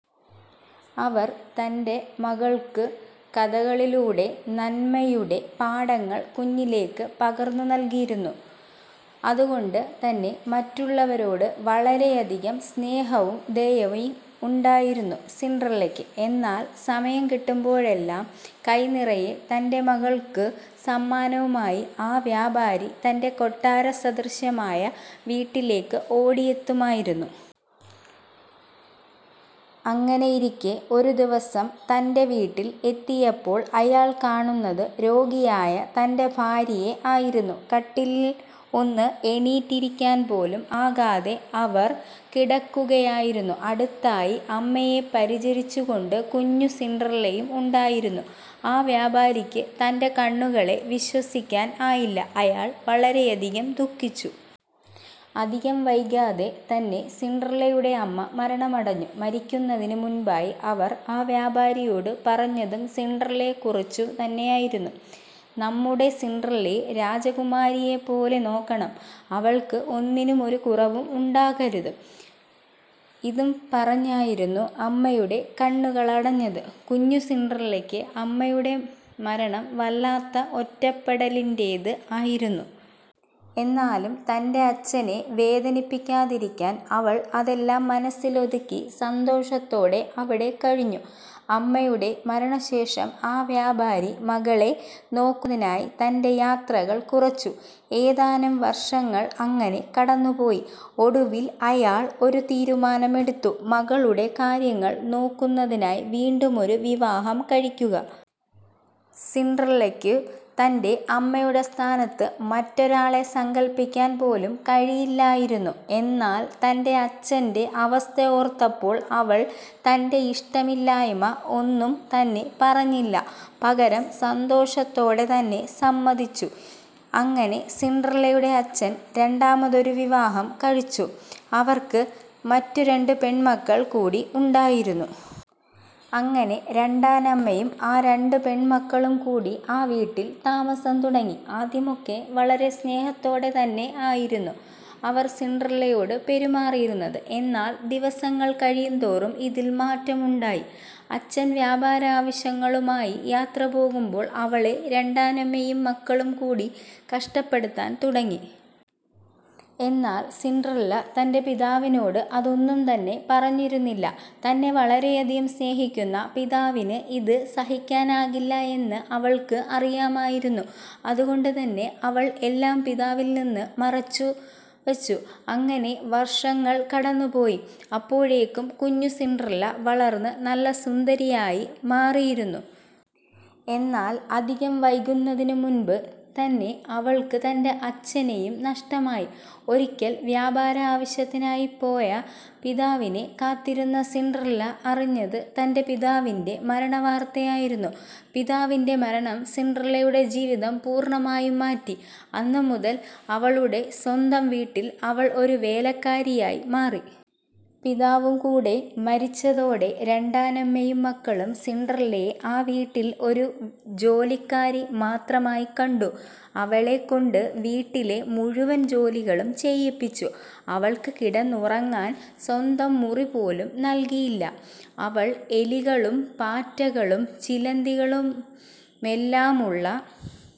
അവർ തന്റെ മകൾക്കു കഥകളിലൂടെ നന്മയുടെ പാഠങ്ങൾ കുഞ്ഞിലേ പകർന്നു നൽകിയിരുന്നു. അതുകൊണ്ടു തന്നെ മറ്റുള്ളവരോട് വളരെയധികം സ്നേഹവും ദയയും ഉണ്ടായിരുന്നു സിൻഡ്രല്ലയ്ക്ക്. എന്നാൽ സമയം കിട്ടുമ്പോഴെല്ലാം കൈ നിറയെ തന്റെ മകൾക്കു സമ്മാനവുമായി ആ വ്യാപാരി തന്റെ കൊട്ടാര സദൃശമായ വീട്ടിലേക്ക് ഓടി എത്തുമായിരുന്നു. അങ്ങനെയിരിക്കെ ഒരു ദിവസം തന്റെ വീട്ടിൽ എത്തിയപ്പോൾ അയാൾ കാണുന്നത് രോഗിയായ തന്റെ ഭാര്യയെ ആയിരുന്നു. കട്ടിലിൽ ഒന്ന് എണീറ്റിരിക്കാൻ പോലും ആകാതെ അവർ കിടക്കുകയായിരുന്നു. അടുത്തായി അമ്മയെ പരിചരിച്ചു കൊണ്ട് കുഞ്ഞു സിൻഡ്രല്ലയും ഉണ്ടായിരുന്നു. ആ വ്യാപാരിക്കു തന്റെ കണ്ണുകളെ വിശ്വസിക്കാൻ ആയില്ല. അയാൾ വളരെയധികം ദുഃഖിച്ചു. അധികം വൈകാതെ തന്നെ സിൻഡ്രല്ലയുടെ അമ്മ മരണമടഞ്ഞു. മരിക്കുന്നതിനു മുൻപായി അവർ ആ വ്യാപാരിയോട് പറഞ്ഞതും സിൻഡ്രല്ലയെക്കുറിച്ചു തന്നെയായിരുന്നു. "നമ്മുടെ സിൻഡ്രല്ലയെ രാജകുമാരിയെ പോലെ നോക്കണം. അവൾക്ക് ഒന്നിനും ഒരു കുറവും ഉണ്ടാക്കരുത്. " ഇതും പറഞ്ഞായിരുന്നു അമ്മയുടെ കണ്ണുകളടഞ്ഞത്. കുഞ്ഞു സിൻഡ്രല്ലക്ക് അമ്മയുടെ മരണം വല്ലാത്ത ഒറ്റപ്പെടലിന്റേത് ആയിരുന്നു. എന്നാലും തന്റെ അച്ഛനെ വേദനിപ്പിക്കാതിരിക്കാൻ അവൾ അതെല്ലാം മനസ്സിലൊതുക്കി സന്തോഷത്തോടെ അവിടെ കഴിഞ്ഞു. അമ്മയുടെ മരണ ശേഷം ആ വ്യാപാരി മകളെ നോക്കുന്നതിനായി തന്റെ യാത്രകൾ കുറച്ചു. ഏതാനും വർഷങ്ങൾ അങ്ങനെ കടന്നു പോയി. ഒടുവിൽ അയാൾ ഒരു തീരുമാനം എടുത്തു. മകളുടെ കാര്യങ്ങൾ നോക്കുന്നതിനായി വീണ്ടുമൊരു വിവാഹം കഴിക്കുക. സിൻഡ്രല്ലയ്ക്കു തന്റെ അമ്മയുടെ സ്ഥാനത്ത് മറ്റൊരാളെ സങ്കല്പിക്കാൻ പോലും കഴിയില്ലായിരുന്നു. എന്നാൽ തന്റെ അച്ഛന്റെ അവസ്ഥ ഓർത്തപ്പോൾ അവൾ തന്റെ ഇഷ്ടമില്ലായ്മ ഒന്നും തന്നെ പറഞ്ഞില്ല. പകരം സന്തോഷത്തോടെ തന്നെ സമ്മതിച്ചു. അങ്ങനെ സിൻഡ്രല്ലയുടെ അച്ഛൻ രണ്ടാമതൊരു വിവാഹം കഴിച്ചു. അവർക്ക് മറ്റു രണ്ടു പെണ്മക്കൾ കൂടി ഉണ്ടായിരുന്നു. അങ്ങനെ രണ്ടാനമ്മയും ആ രണ്ടു പെൺമക്കളും കൂടി ആ വീട്ടിൽ താമസം തുടങ്ങി. ആദ്യമൊക്കെ വളരെ സ്നേഹത്തോടെ തന്നെയായിരുന്നു അവർ സിൻഡ്രല്ലയോട് പെരുമാറിയിരുന്നത്. എന്നാൽ ദിവസങ്ങൾ കഴിയുന്തോറും ഇതിൽ മാറ്റം ഉണ്ടായി. അച്ഛൻ വ്യാപാര ആവശ്യങ്ങളുമായി യാത്ര പോകുമ്പോൾ അവളെ രണ്ടാനമ്മയും മക്കളും കൂടി കഷ്ടപ്പെടുത്താൻ തുടങ്ങി. എന്നാൽ സിൻഡ്രല്ല തന്റെ പിതാവിനോട് അതൊന്നും തന്നെ പറഞ്ഞിരുന്നില്ല. തന്നെ വളരെയധികം സ്നേഹിക്കുന്ന പിതാവിന് ഇത് സഹിക്കാനാകില്ല എന്ന് അവൾക്ക് അറിയാമായിരുന്നു. അതുകൊണ്ടു തന്നെ അവൾ എല്ലാം പിതാവിൽ നിന്നും മറച്ചു വച്ചു. അങ്ങനെ വർഷങ്ങൾ കടന്നു പോയി. അപ്പോഴേക്കും കുഞ്ഞു സിൻഡ്രല്ല വളർന്ന് നല്ല സുന്ദരിയായി മാറിയിരുന്നു. എന്നാൽ അധികം വൈകുന്നതിന് മുൻപ് തന്നെ അവൾക്ക് തന്റെ അച്ഛനെയും നഷ്ടമായി. ഒരിക്കൽ വ്യാപാര ആവശ്യത്തിനായി പോയ പിതാവിനെ കാത്തിരുന്ന സിൻഡ്രല്ല അറിഞ്ഞത് തന്റെ പിതാവിന്റെ മരണ വാർത്തയായിരുന്നു. പിതാവിന്റെ മരണം സിൻഡ്രല്ലയുടെ ജീവിതം പൂർണമായും മാറ്റി. അന്ന് മുതൽ അവളുടെ സ്വന്തം വീട്ടിൽ അവൾ ഒരു വേലക്കാരിയായി മാറി. പിതാവും കൂടെ മരിച്ചതോടെ രണ്ടാനമ്മയും മക്കളും സിൻഡ്രല്ലയെ ആ വീട്ടിൽ ഒരു ജോലിക്കാരി മാത്രമായി കണ്ടു. അവളെ കൊണ്ട് വീട്ടിലെ മുഴുവൻ ജോലികളും ചെയ്യിച്ചു. അവൾക്ക് കിടന്നുറങ്ങാൻ സ്വന്തം മുറി പോലും നൽകിയില്ല. അവൾ എലികളും പാറ്റകളും ചിലന്തികളുമെല്ലാം ഉള്ള